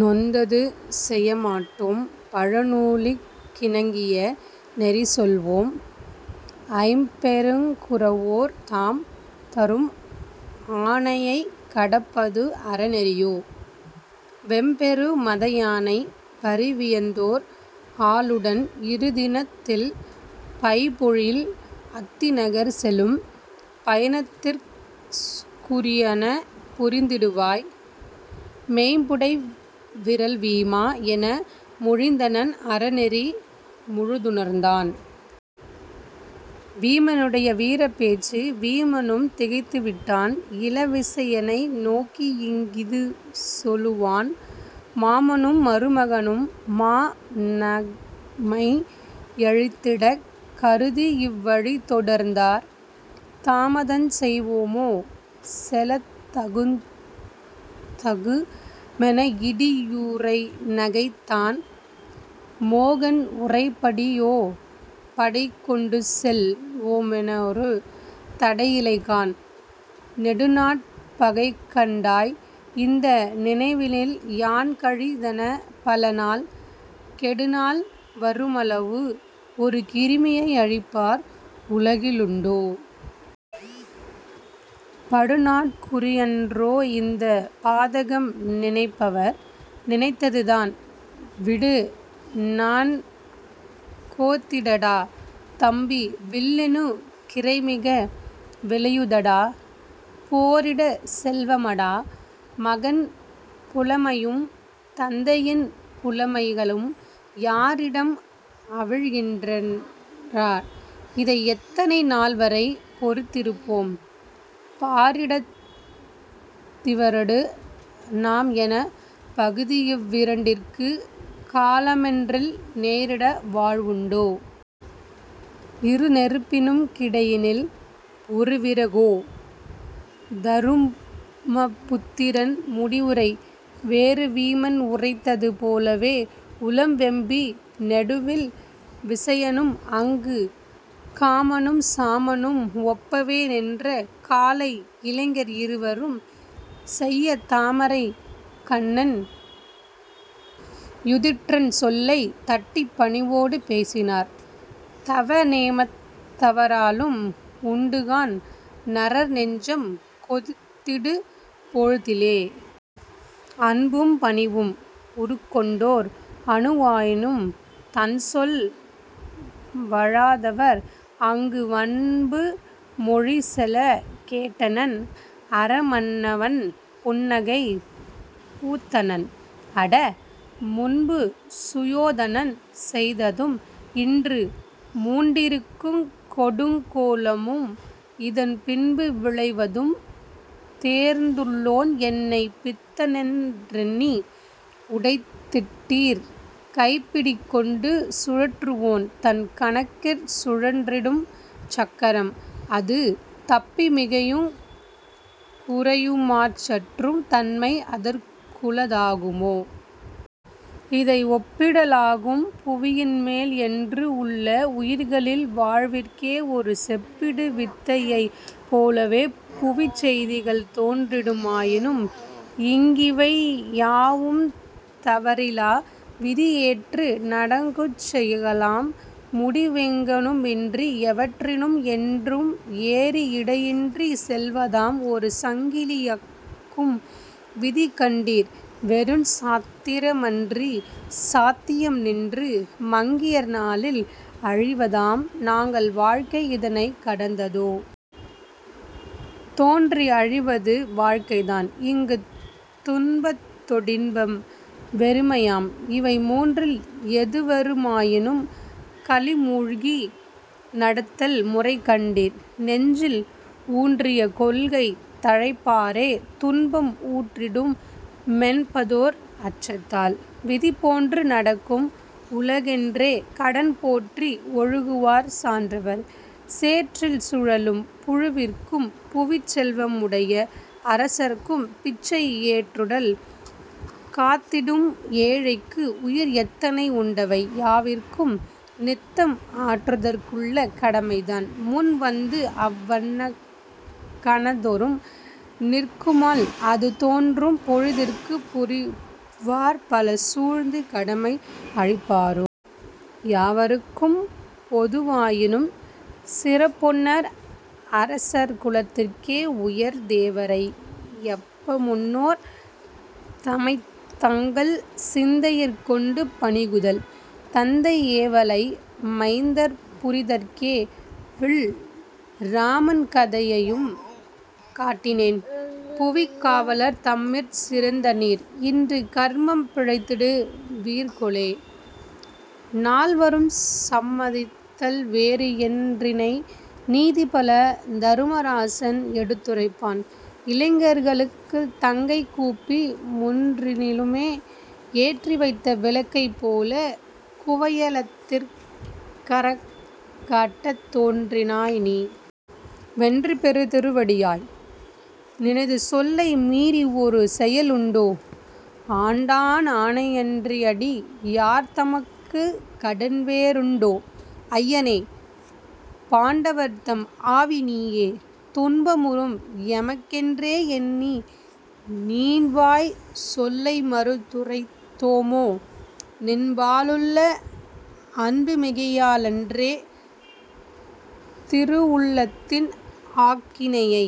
நொந்தது செயமாட்டோம்;-பழ நூலினுக் கிணங்கிய நெறிசொல் வோம். 'ஐம்பெருங் குரவோர் தாம்,-தரும் ஆணையைக் கடப்பதும் அறநெறி யோ? வெம்பெரு மத யானை-பரி வியன்தேர் ஆளுடன் இருதினத் தில்। பைம்பொழில் அத்திநகர்-செலும் பயணத்திற் குரியன புரிந்திடு வாய், மொய்ம்புடை விறல் வீமா! '-என மொழிந்தனன் அறநெறி முழுதுணர்ந்தான்.. வீமனுடைய வீரப்பேச்சு வீமனும் திகைத்துவிட்டான்;-இள விசயனை நோக்கிஇங் கிதுசொலு வான், 'மாமனும் மருமகனு மா-நமை யழித்திடக் கருதிஇவ் வழிதொடர்ந் தார்; தாமதஞ் செய்வோ மோ? -செலத் தகுந்தகு'மெனஇடி யுறநகைத் தான்; கோமகன் உரைப்படி யே-படை கொண்டுசெல் வோமொரு தடையிலை காண்! 'நெடுநாட் பகைகண் டாய்! -இந்த நினைவினில் யான்கழித் தனபல நாள்; கெடுநாள் வருமளவும்-ஒரு கிருமியை அழிப்பவர் உலகிலுண் டோ? படுநாட் குறி அன்றோ-இந்தப் பாதகம் நினைப்பவர் நினைத்தது தான்? விடுநாண் கோத்திட டா! -தம்பி! வில்லினுக் கிரைமிக விளையு தடா! 'போரிடச் செல்வ மடா! -மகன் புலைமையும் தந்தையின் புலமை களும் யாரிடம் அவிழ்க்கின் றார்? -இதை எத்தனை நாள்வரை பொறுத்திருப் போம்? பாரிடத் திவரொடு நாம்-எனப் பகுதியிவ் விரண்டிற்கும் காலமொன் றில் நேரிட வாழ்வுண் டோ? -இரு நெருப்பினுக் கிடையினில் ஒருவிற கோ? '. தருமபுத்திரன் முடிவுரை வேறு வீமன் உரைத்தது போலவே-உளம் வெம்பி நெடுவில் விசயனும் அங்கு காமனும் சாமனும் ஒப்பவே-நின்ற காளை இளைஞர் இருவரும்-செய்ய தாமரைக் கண்ணன் யுதிட்டிரன்-சொல்லைத் தட்டிப் பணிவொடு பேசினார்;-தவ நேமத் தவறலும் உண்டுகாண்,-நரர் நெஞ்சம் கொதித்திடு போழ்திலே. அன்பும் பணிவும் உருக்கொண்டோர்-அணு வாயினும் தன்சொல் வழாதவர்-அங்கு வன்பு மொழிசொலக் கேட்டனன்;-அற மன்னவன் புன்னகை பூத்தனன்;-'அட! முன்பு சுயோதனன் செய்ததும்-இன்று மூண்டிருக்குங் கொடுங் கோலமும்-இதன் பின்பு விளைவதும் தேர்ந்துளேன்-என்னைப் பித்தனென் றெண்ணி உரைத்திட்டீர்! 'கைப்பிடி கொண்டு சுழற்றுவோன்-தன் கணக்கிற் சுழன்றிடும் சக்கரம்-அது தப்பி மிகையுங் குறையுமாச்-சுற்றும் தன்மை அதற்குள தாகுமோ? -இதை ஒப்பிட லாகும் புவியின்மேல்-என்றும் உள்ள உயிர்களின் வாழ்விற்கே,-ஒரு செப்பிடு வித்தையைப் போலவே-புவிச் செய்திகள் தோன்றிடு மாயினும். 'இங்கிவை யாவுந் தவறிலா-விதி ஏற்று நடக்குஞ் செயல்களாம்;-முடி வெங்கணு மின்றி எவற்றினும்-என்றும் ஏறி இடையின்றிச் செல்வதாம்-ஒரு சங்கிலி யக்கும் விதி கண்டீர்-வெறுஞ் சாத்திர மன்றிது சத்தியம்-நின்று மங்கியர் நாளில் அழிவதாம்-நங்கள் வாழ்க்கை இதனைக் கடந்ததோ? 'தோன்றி அழிவது வாழ்க்கைதான்-இங்குத் துன்பத்தொ டின்பம் வெறுமையாம்-இவை மூன்றில் எதுவரு மாயினும்,-களி மூழ்கி நடத்தல் முறைகண்டீர்? -நெஞ்சில் ஊன்றிய கொள்கை தழைப்பரோ-துன்பம் உற்றிடு மென்பதொர் அச்சத்தால்? -விதி போன்று நடக்கும் உலகென்றே-கடன் போற்றி ஒழுகுவர் சான்றவர். 'சேற்றில் உழலும் புழுவிற்கும்,-புவிச் செல்வ முடைய அரசர்க்கும்-பிச்சை ஏற்றுடல் காத்திடும் ஏழைக்கும்,-உயிர் எத்தனை உண்டவை யாவிற்கும்,-நித்தம் ஆற்றுதற் குள்ள கடமைதான்-முன்வந்து அவ்வக் கணந்தொறும் நிற்குமால்-அது தோற்றும் பொழுதிற் புரிகுவார்-பல சூழ்ந்து கடமை அழிப்பரோ? 'யாவருக்கும் பொது வாயினும்-சிறப் பென்பர் அரசர் குலத்திற்கே-உயர் தேவரை யப்ப முன்னோர் தமைத்-தங்கள் சிந்தையிற் கொண்டு பணிகுதல்;-தந்தை ஏவலை மைந்தர் புரிதற்கே-வில் இராமன் கதையையும் காட்டினேன்:-புவிக் காவலர் தம்மிற் சிறந்தநீர்-இன்று கர்மம் பிழைத்திடு வீர்கொலோ? '. நால்வரும் சம்மதித்தல் வேறு என் றினைய நீதிபல தரும ராசன் எடுத்துரைப்ப, இளைஞர்களுந் தங்கை கூப்பிக் 'முன்றினிலே ஏற்றிவைத்த விளக்கைப் போலக் குவலயத்திற் கறங்காட்டத் தோன்றி னாய் நீ! வென்றிபெறுந் திருவடியாய்! நினது சொல்லை மீறிஒரு செயலுண்டோ? ஆண்டான் ஆணை யன்றிஅடி யார்தமக்குக் கடன்வே றுண்டோ? ஐயனே! பாண்டவர்தம் ஆவி நீயே! துன்பமுரும் எமக்கென்றே எண்ணி நின்வாய்ச் சொல்லைமறுத் துரைத்தோமோ? நின்பா லுள்ள அன்புமிகையா லன்றோ திருவுளத்தின் ஆக்கினையை